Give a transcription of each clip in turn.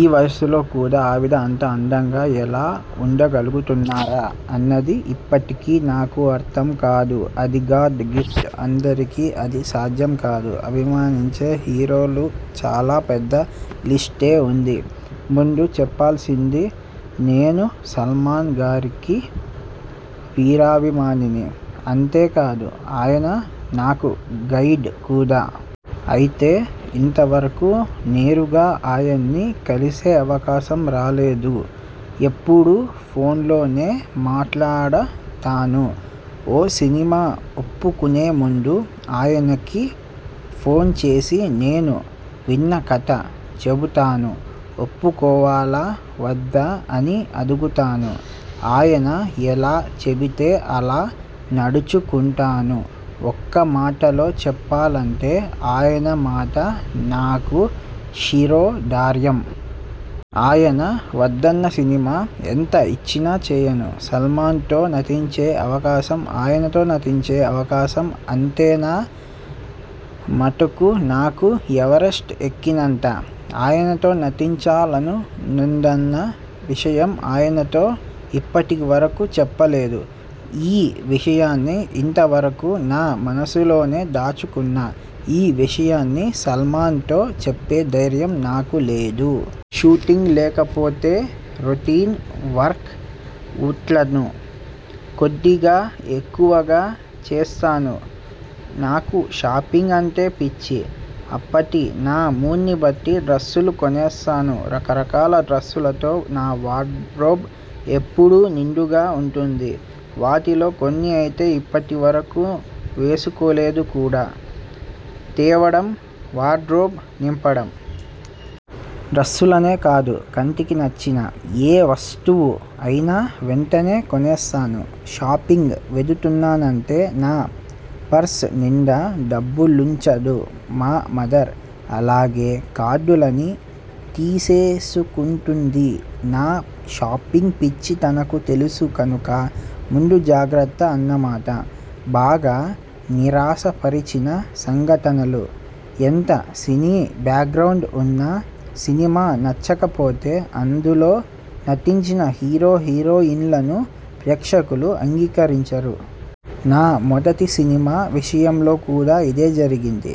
ఈ వయస్సులో కూడా ఆవిడ అంత అందంగా ఎలా ఉండగలుగుతున్నారా? అన్నది ఇప్పటికీ నాకు అర్థం కాదు. అది గాడ్ గిఫ్ట్. అందరికీ అది సాధ్యం కాదు. అభిమానించే హీరోలుచాలా పెద్ద లిస్టే ఉంది. ముందు చెప్పాల్సింది నేను సల్మాన్గారికి వీరాభిమానిని. అంతే కాదు ఆయన నాకు గైడ్ కూడా! అయితే ఇంతవరకూ నేరుగా ఆయన్ని కలిసే అవకాశం రాలేదు. ఎప్పుడూ ఫోన్లోనే మాట్లాడతాను. ఓ సినిమా ఒప్పుకునేముందు ఆయనకి ఫోన్ చేసి నేను విన్న కథ చెబుతాను. ఒప్పుకోవాలా? వద్దా? అని అడుగుతాను. ఆయన ఎలా చెబితే అలా నడుచుకుంటాను. ఒక్కమాటలో చెప్పాలంటే ఆయన మాట నాకు శిరోధార్యం. ఆయన వద్దన్న సినిమా ఎంత ఇచ్చినా చేయను. సల్మాన్తో నటించే అవకాశంఆయనతో నటించే అవకాశం అంటేనా మటుకు నాకు ఎవరెస్ట్ ఎక్కినంత! ఆయనతో నటించాలనుందన్న విషయం ఆయనతో ఇప్పటి వరకూ చెప్పలేదు. ఈ విషయాన్ని ఇంత వరకూ నా మనసులోనే దాచుకున్నా. ఈ విషయాన్ని సల్మాన్తో చెప్పే ధైర్యం నాకు లేదు. షూటింగ్ లేకపోతేరొటీన్ వర్కవుట్లను కొద్దిగా ఎక్కువగా చేస్తాను. నాకు షాపింగ్ అంటే పిచ్చి. అప్పటి నా మూడ్ని బట్టి డ్రస్సులు కొనేస్తాను. రకరకాల డ్రస్సులతో నా వార్డ్రోబ్ ఎప్పుడూ నిండుగా ఉంటుంది. వాటిల్లో కొన్ని అయితే ఇప్పటి వరకూ వేసుకోలేదు కూడా! తేవడం వార్డ్రోబ్లో నింపడం! డ్రస్సులనే కాదు. కంటికి నచ్చిన ఏ వస్తువు అయినా వెంటనే కొనేస్తాను. షాపింగ్కి వెడుతున్నానంటే నా పర్స్ నిండా డబ్బులుంచదు మా మదర్. అలాగే కార్డులన్నీ తీసేసుకుంటుంది. నా షాపింగ్ పిచ్చి తనకు తెలుసు కనుక ముందు జాగ్రత్త అన్నమాట! బాగా నిరాశపరిచిన సంఘటనలు.. ఎంత సినీ బ్యాక్గ్రౌండ్ ఉన్నా సినిమా నచ్చకపోతే అందులో నటించిన హీరో హీరోయిన్లను ప్రేక్షకులు అంగీకరించరు. నా మొదటి సినిమా విషయంలో కూడా ఇదే జరిగింది.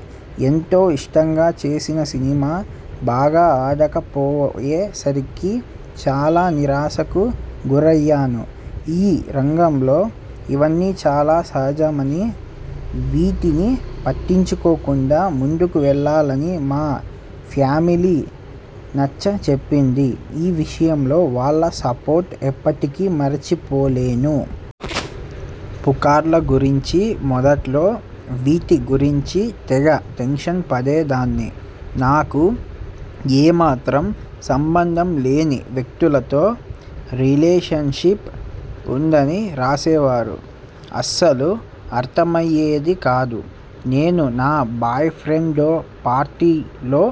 ఎంతో ఇష్టంగా చేసిన సినిమా బాగా ఆడకపోయే సరికి చాలా నిరాశకు గురయ్యాను. ఈ రంగంలో ఇవన్నీ చాలా సహజమనీ, వీటిని పట్టించుకోకుండా ముందుకు వెళ్ళాలనీ మా ఫ్యామిలీ నచ్చచెప్పింది. ఈ విషయంలో వాళ్ళ సపోర్ట్ ఎప్పటికీ మరిచిపోలేను. పుకార్ల గురించిమొదట్లో వీటి గురించి తెగ టెన్షన్ పడేదాన్ని. నాకు ఏమాత్రం సంబంధం లేని వ్యక్తులతో రిలేషన్షిప్ ఉందని రాసేవారు. అస్సలు అర్థమయ్యేది కాదు. నేను నా బాయ్ ఫ్రెండ్తో పార్టీలో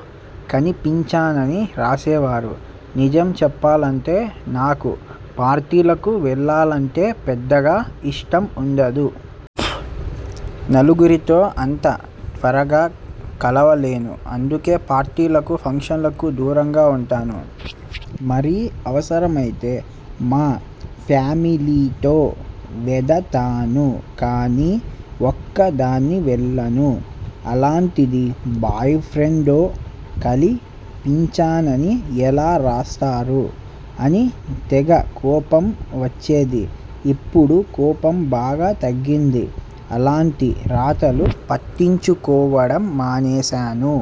కనిపించానని రాసేవారు. నిజం చెప్పాలంటే నాకు పార్టీలకు వెళ్ళాలంటే పెద్దగా ఇష్టం ఉండదు. నలుగురితో అంత త్వరగా కలవలేను. అందుకే పార్టీలకూ, ఫంక్షన్లకూ దూరంగా ఉంటాను. మరీ అవసరమైతే మా ఫ్యామిలీతో వెడతాను కానీ, ఒక్కదాన్ని వెళ్ళను. అలాంటిది బాయ్ ఫ్రెండ్తో కనిపించానని ఎలా రాస్తారు అని తెగ కోపం వచ్చేది. ఇప్పుడు కోపం బాగా తగ్గింది. అలాంటి రాతలు పట్టించుకోవడం మానేశాను.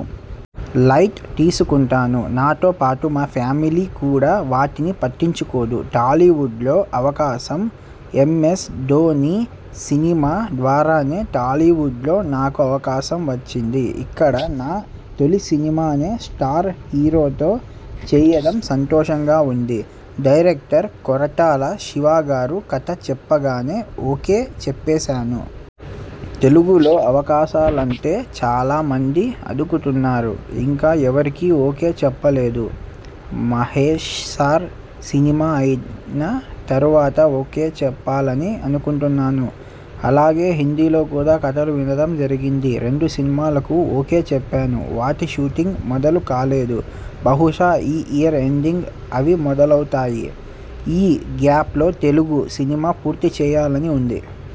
లైట్ తీసుకుంటాను. నాతో పాటు మా ఫ్యామిలీ కూడా వాటిని పట్టించుకోదు. టాలీవుడ్లో అవకాశం'ఎంఎస్ధోని' సినిమా ద్వారానే టాలీవుడ్లో నాకు అవకాశం వచ్చింది. ఇక్కడ నా తొలి సినిమానే స్టార్ హీరోతో చేయడం సంతోషంగా ఉంది. డైరెక్టర్ కొరటాల శివగారు కథ చెప్పగానే ఓకే చెప్పేశాను. తెలుగులో అవకాశాలంటేచాలామంది అడుగుతున్నారు. ఇంకా ఎవరికీ ఓకే చెప్పలేదు. మహేష్సార్ సినిమా అయిన తరువాత ఓకే చెప్పాలని అనుకుంటున్నాను. అలాగే హిందీలో కూడా కథలు వినడం జరిగింది. రెండు సినిమాలకు ఓకే చెప్పాను. వాటి షూటింగ్ మొదలు కాలేదు. బహుశా ఈ ఇయర్ ఎండింగ్కి అవి మొదలవుతాయి. ఈ గ్యాప్లో తెలుగు సినిమా పూర్తి చేయాలని ఉంది.